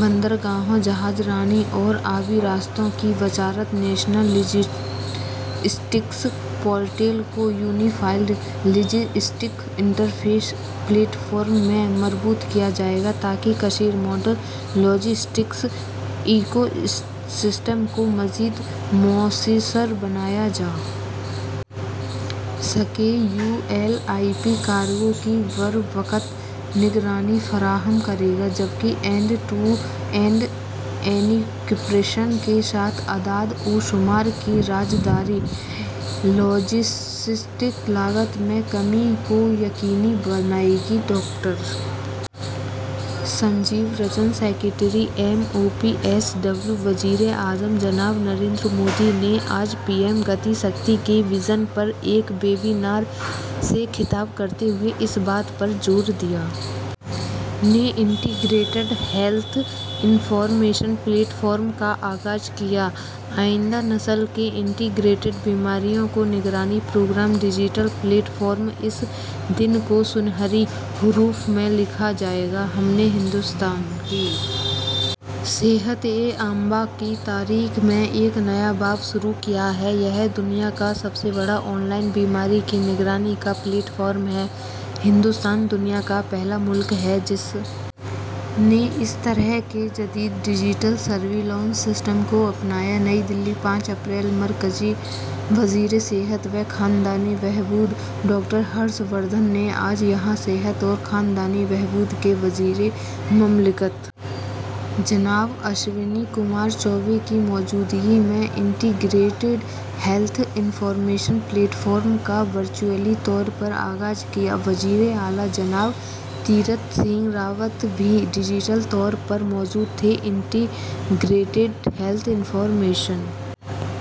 بندرگاہوں جہاز رانی اور آبی راستوں کی وزارت نیشنل لاجسٹکس پورٹل کو unified logistics interface platform سے مربوط کیا جائے گا تاکہ کثیر ماڈل لاجسٹک ایکو سسٹم کو مزید مؤثر بنایا جا سکے U L I P cargo کی بروقت نگرانی فراہم کرے گا جبکہ اینڈ ٹو اینڈ انکرپشن کے ساتھ اعداد و شمار کی رازداری لاجسٹکس لاگت میں کمی کو یقینی بنائے گا doctor Sanjeev Ranjan secretary M O P S W وزیر اعظم جناب نریندر مودی نے آج پی ایم گتی شکتی کے وژن پر ایک ویبنار سے خطاب کرتے ہوئے اس بات پر زور دیا نے integrated health information platform کا آغاز کیا آئندہ نسل کے انٹیگریٹڈ بیماریوں کی نگرانی پروگرام ڈیجیٹل پلیٹ فارم اس دن کو سنہری حروف میں لکھا جائے گا ہم نے ہندوستان کی صحت عامہ کی تاریخ میں ایک نیا باب شروع کیا ہے یہ دنیا کا سب سے بڑا آن لائن بیماری کی نگرانی کا پلیٹ فارم ہے ہندوستان دنیا کا پہلا ملک ہے جس نے اس طرح کے جدید ڈیجیٹل سرویلنس سسٹم کو اپنایا نئی دہلی پانچ اپریل مرکزی وزیر صحت و خاندانی بہبود ڈاکٹر ہرش وردھن نے آج یہاں صحت اور خاندانی بہبود کے وزیر مملکت جناب اشونی کمار چوبے کی موجودگی میں integrated health information platform کا ورچوئلی طور پر آغاز کیا وزیر اعلی جناب تیرتھ سنگھ راوت بھی ڈیجیٹل طور پر موجود تھے integrated health information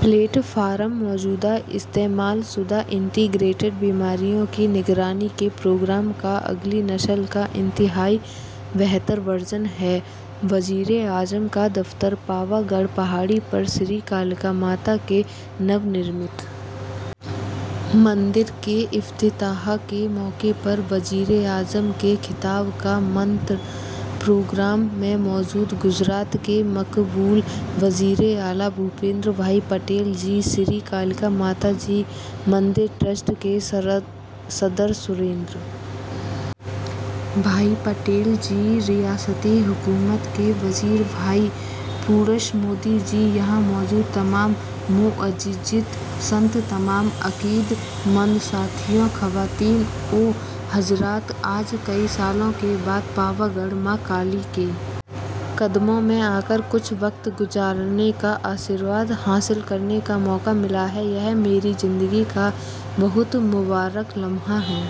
platform موجودہ استعمال شدہ انٹیگریٹڈ بیماریوں کی نگرانی کے پروگرام کا اگلی نسل کا انتہائی بہتر ورژن ہے وزیراعظم کا دفتر پاوا گڑھ پہاڑی پر شری کالیکا ماتا کے نو تعمیر شدہ مندر کے افتتاح کے موقع پر وزیر اعظم کے خطاب کا متن پروگرام میں موجود گجرات کے مقبول وزیر اعلیٰ بھوپیندر بھائی پٹیل جی شری کالیکا ماتا جی مندر ٹرسٹ کے صدر سریندر بھائی پٹیل جی ریاستی حکومت کے وزیر بھائی پورنیش مودی جی یہاں موجود تمام معزز سنت تمام عقیدت مند ساتھی خواتین و حضرات آج کئی سالوں کے بعد پاوا گڑھ ماں کالی کے قدموں میں آ کر کچھ وقت گزارنے کا آشیرواد حاصل کرنے کا موقع ملا ہے یہ میری زندگی کا بہت مبارک لمحہ ہے